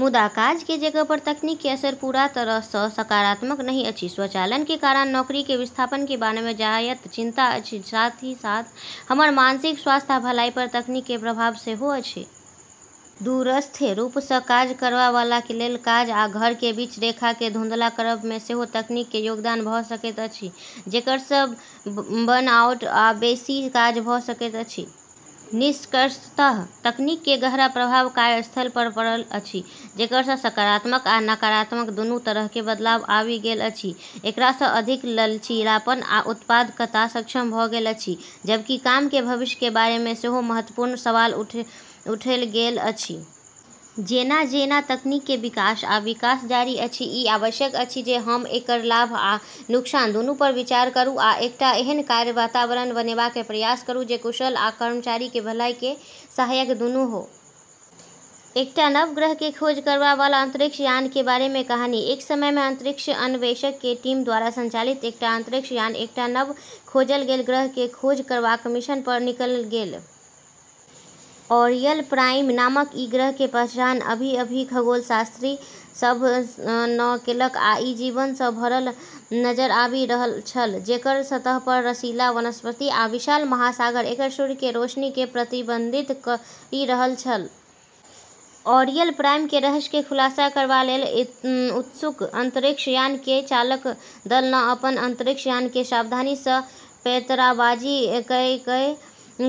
मुदा, काज के जगह पर तकनीक के असर पूरा तरह सँ सकारात्मक नहि अछि। स्वचालन के कारण नौकरी के विस्थापन के बारे मे जायज चिंता अछि, साथ ही साथ हमर मानसिक स्वास्थ्य आ भलाई पर तकनीक के प्रभाव सेहो अछि। दूरस्थ रूप सँ काज करबा वाला के लेल काज आ घर के बीच के रेखा के धुंधला करब मे सेहो तकनीक के योगदान भ सकैत अछि, जेकर सँ बर्नआउट आ बेसी काज भ सकैत अछि। निष्कर्षतः, तकनीक के गहरा प्रभाव कार्यस्थल पर पड़ल अछि, जेकर सँ सकारात्मक आ नकारात्मक दूनू तरह के बदलाव आबि गेल अछि। एकरा सँ अधिक लचीलापन आ उत्पादकता सक्षम भ गेल अछि, जबकि काम के भविष्य के बारे मे सेहो महत्वपूर्ण सवाल उठैल गेल अछि। जेना-जेना तकनीक के विकास आ विकास जारी अछि, ई आवश्यक अछि जे हम एकर लाभ आ नुकसान दूनू पर विचार करू आ एकटा एहन कार्य वातावरण बनेबा के प्रयास करू जे कुशल आ कर्मचारी के भलाई के सहायक दूनू हो। एकटा नव ग्रह के खोज करबा वाला अंतरिक्ष यान के बारे मे कहानी। एक समय मे अंतरिक्ष अन्वेषक के टीम द्वारा संचालित एकटा अंतरिक्ष यान एकटा नव खोजल गेल ग्रह के खोज करबाक मिशन पर निकलि गेल। ऑरियल प्राइम नामक ई ग्रह के पहचान अभी-अभी खगोलशास्त्री सभ नँ केलक आ ई जीवन सँ भरल नजर आबि रहल छल, जेकर सतह पर रसीला वनस्पति आ विशाल महासागर एकर सूर्य के रोशनी के प्रतिबिंबित करि रहल छल। ऑरियल प्राइम के रहस्य के खुलासा करबा लेल उत्सुक अंतरिक्ष यान के चालक दल नँ अपन अंतरिक्ष यान के सावधानी सँ पैंतराबाजी कए कए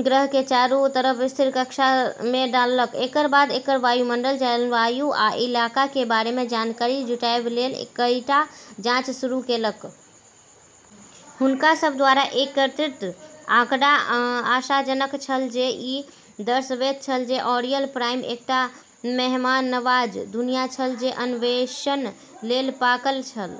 ग्रह के चारू तरफ स्थिर कक्षा मे डाललक। एकर बाद एकर वायुमंडल, जलवायु आ इलाका के बारे मे जानकारी जुटाएब लेल कईटा जांच शुरू केलक। हुनका सब द्वारा एकत्रित आंकड़ा आशाजनक छल, जे ई दर्शबैत छल जे ऑरियल प्राइम एकटा मेहमाननवाज दुनिया छल, जे अन्वेषण लेल पाकल छल।